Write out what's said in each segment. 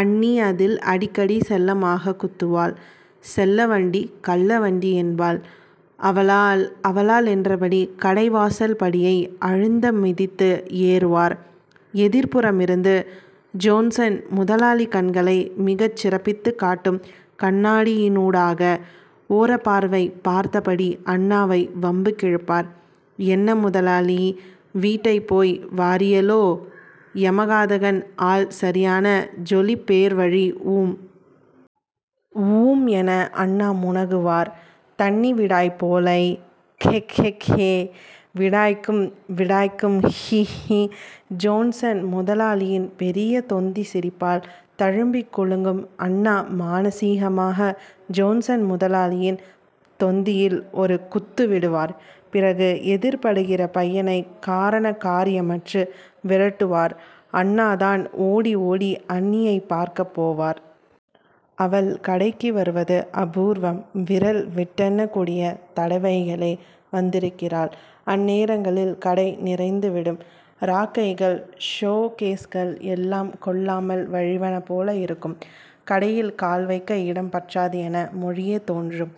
அண்ணிஅதில் அடிக்கடி செல்லமாகக் குத்துவாள். செல்லவண்டி... கள்ளவண்டி என்பாள். அவளால்..அவளால் என்றபடி கடைவாசல்படியை அழுந்த மிதித்து ஏறுவார். எதிர்புறமிருந்து ஜோன்சன் முதலாளி கண்களை மிகச் சிறப்பித்துக் காட்டும் கண்ணாடியினூடாக ஓரப்பார்வை பார்த்தபடி அண்ணாவை வம்புக்கிழுப்பார். என்ன முதலாளி... வீட்டை போய் வாறியளோ....? எமகாதகன் ஆள் சரியான ஜொலிப் பேர்வழி ஊம்... ஊம் என அண்ணா முனகுவார். தண்ணி விடாய் போலை.. கெஹ்கெஹ்ஹே... விடாய்க்கும் விடாய்க்கும் ஹி... ஹி.ஜோன்சன் முதலாளியின் பெரிய தொந்தி சிரிப்பால் தழுமபிக் குலுங்கும் அண்ணா மானசீகமாக ஜோன்சன் முதலாளியின் தொந்தியில் ஒரு குத்து விடுவார். பிறகு, எதிர்படுகிற பையனை காரண காரியமற்று விரட்டுவார். அண்ணா தான் ஓடிஓடி அண்ணியைப் பார்க்கப் போவார். அவள் கடைக்கு வருவது அபூர்வம். விரல் விட்டெண்ணக் கூடிய தடவைகளே வந்திருக்கிறாள். அந்நேரங்களில் கடை நிறைந்து விடும். றாக்கைகள் ஷோகேஸ்கள் எல்லாம் கொள்ளாமல் வழிவன போல இருக்கும். கடையில் கால்வைக்க இடம் பற்றாது என மொழியத் தோன்றும்.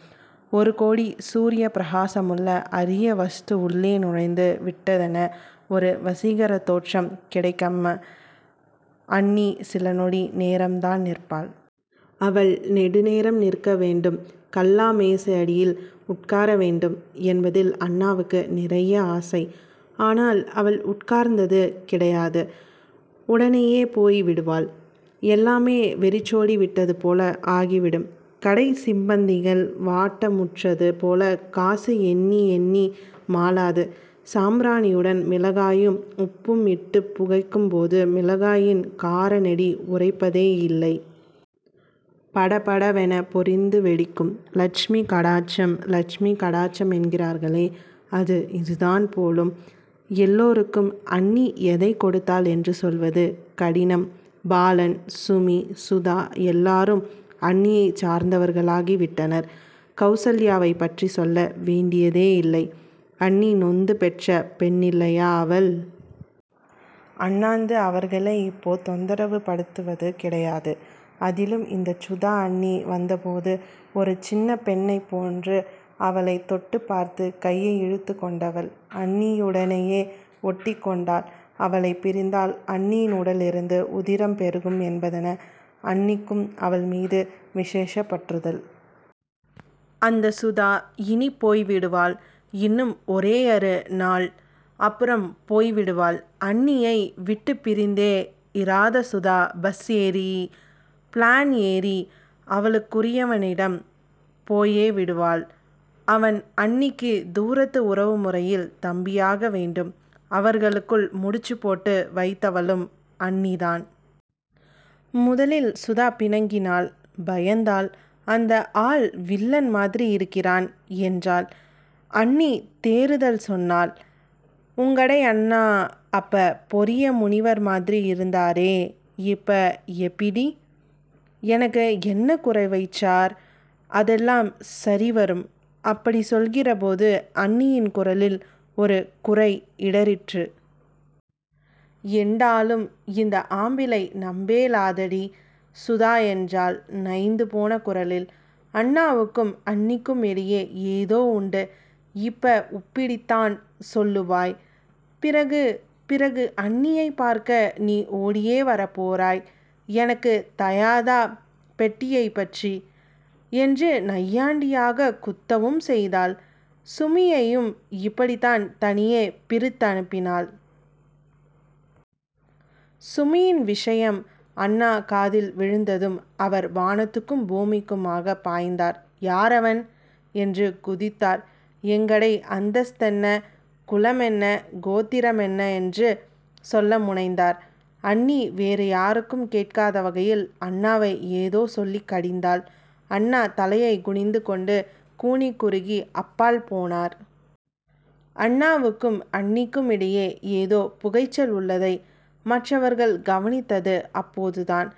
ஒரு கோடி சூரியப் பிரகாசமுள்ள அரிய வஸ்து உள்ளே நுழைந்து விட்டதென ஒரு வசீகரத் தோற்றம் கிடைக்கம் அண்ணி சிலநொடி நேரம்தான் நிற்பாள். அவள் நெடுநேரம் நிற்க வேண்டும் கல்லா மேசையடியில் உட்கார வேண்டும், என்பதில் அண்ணாவுக்கு நிறைய ஆசை. ஆனால் அவள் உட்கார்ந்தது கிடையாது, உடனேயே போய் விடுவாள். எல்லாமே வெறிச்சோடி விட்டது போல ஆகிவிடும் கடைச் சிப்பந்திகள் வாட்டமுற்றது போலக் காசு எண்ணியெண்ணி மாளாது. சாம்பிராணியுடன் மிளகாயும் உப்பும் இட்டுப் புகைக்கும் போது மிளகாயின் காரநெடி உறைப்பதேயில்லை. படபடவென பொரிந்து வெடிக்கும். இலட்சுமி கடாட்சம்... இலட்சுமி கடாட்சம் என்கிறார்களே அது இதுதான் போலும் எல்லோருக்கும் அண்ணி எதைக் கொடுத்தாள் என்று சொல்வது கடினம் பாலன் சுமி சுதா எல்லாரும் அண்ணியைச் சார்ந்தவர்களாகி விட்டனர். கெளசல்யாவைப் பற்றிச் சொல்ல வேண்டியதேயில்லை. அண்ணி நொந்து பெற்ற பெண்ணில்லையா அவள்? அண்ணாந்து அவர்கள் இப்போ தொந்தரவு படுத்துவது கிடையாது. அதிலும் இந்தச் சுதா அண்ணி வந்த போது ஒரு சின்னப்பெண்ணைப் போன்று அவளைத் தொட்டுப் பார்த்து கையை இழுத்துக் கொண்டவள் அண்ணியுடனேயே ஒட்டிக்கொண்டாள். அவளைப் பிரிந்தால் அண்ணியின் உடலிலிருந்து உதிரம் பெருகும் என்பதென அண்ணிக்கும் அவள் மீது விசேஷப்பற்றுதல். அந்த சுதா இனிப் போய்விடுவாள். இன்னும் ஒரேயரு நாள். அப்புறம் போய்விடுவாள். அண்ணியை விட்டுப் பிரிந்தே இராத சுதா பஸ் ஏறி.... பிளேன் ஏறி அவளுக்குரியவனிடம் போயே விடுவாள். அவன் அண்ணிக்கு தூரத்து உறவுமுறையில் தம்பியாக வேண்டும். அவர்களுக்குள் முடிச்சுப் போட்டு வைத்தவளும் அண்ணி தான். முதுலில் சுதா பிணங்கினாள் பயந்தாள். அந்த ஆள் வில்லன் மாதிரி இருக்கிறான்... என்றாள். அண்ணி தேறுதல் சொன்னாள். உங்கடை அண்ணா.... அப்ப பொரிய முனிவர் மாதிரி இருந்தாரே.. இப்ப எப்பிடி? எனக்கு என்ன குறைவைச்சார்.... அதெல்லாம் சரிவரும்....அப்படிச் சொல்கிற போது அண்ணியின் குரலில் ஒரு குறை இடறிற்று. எண்டாலும்... இந்த ஆம்பிள்ளை நம்பேலாதடி.... சுதா என்றாள் நைந்துபோன குரலில். அண்ணாவுக்கும் அண்ணிக்குமிடையே ஏதோ உண்டு இப்ப உப்பிடித்தான் சொல்லுவாய்... பிறகுபிறகு அண்ணியை பார்க்க நீ ஓடியா வரப்போறாய்.... எனக்குத் தயாதா பெட்டையைப் பற்றி. என்று நையாண்டியாகக் குத்தவும் செய்தாள். சுமியையும் இப்படித்தான் தனியே பிரித்தணுப்பினாள். சுமியின் விஷயம் அண்ணா காதில் விழுந்ததும் அவர் வானத்துக்கும் பூமிக்குமாகப் பாய்ந்தார். யாரவன்? என்று குதித்தார். எங்கடை அந்தஸ்தென்ன.... குலமென்ன கோத்திரமென்னஎன்று சொல்ல முனைந்தார். அண்ணி வேறுயாருக்கும் கேட்காத வகையில் அண்ணாவை ஏதோ சொல்லிக் கடிந்தாள். அண்ணா தலையைக் குனிந்து கொண்டு கூனிக் குறுகி அப்பால் போனார். அண்ணாவுக்கும் அண்ணிக்குமிடையே ஏதோ புகைச்சல் உள்ளதை மற்றவர்கள் கவனித்தது அப்போதுதான்.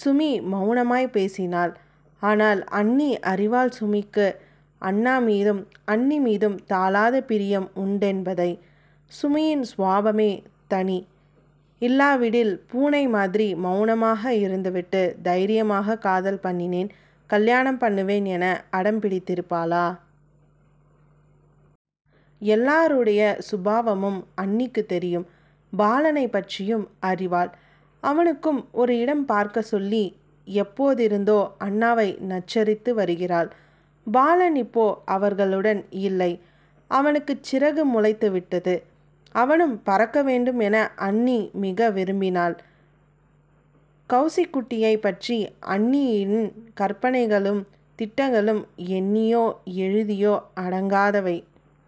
சுமி மெளனமாய்ப் போனாள். ஆனால் அண்ணி அறிவாள் சுமிக்கு அண்ணாமீதும் அண்ணிமீதும் தாளாத பிரியம் உண்டென்பதை. சுமியின் சுபாவமே தனி. இல்லாவிடில் பூனை மாதிரி மெளனமாக இருந்துவிட்டு தைரியமாகக் காதல் பண்ணினேன் கல்யாணம் பண்ணுவேன் என அடம் பிடித்திருப்பாளா? எல்லோருடைய சுபாவமும் அண்ணிக்குத் தெரியும். பாலனைப் பற்றியும் அறிவாள். அவனுக்கும் ஒரு இடம் பார்க்கச் சொல்லி எப்போதிருந்தோ அண்ணாவை நச்சரித்து வருகிறாள். பாலன் இப்போ அவர்களுடன் இல்லை. அவனுக்குச் சிறகு முளைத்துவிட்டது. அவனும் பறக்க வேண்டும் என அண்ணி மிக விரும்பினாள். கெளசிக்குட்டியைப் பற்றி அண்ணியின் கற்பனைகளும் திட்டங்களும் எண்ணியோ எழுதியோ அடங்காதவை.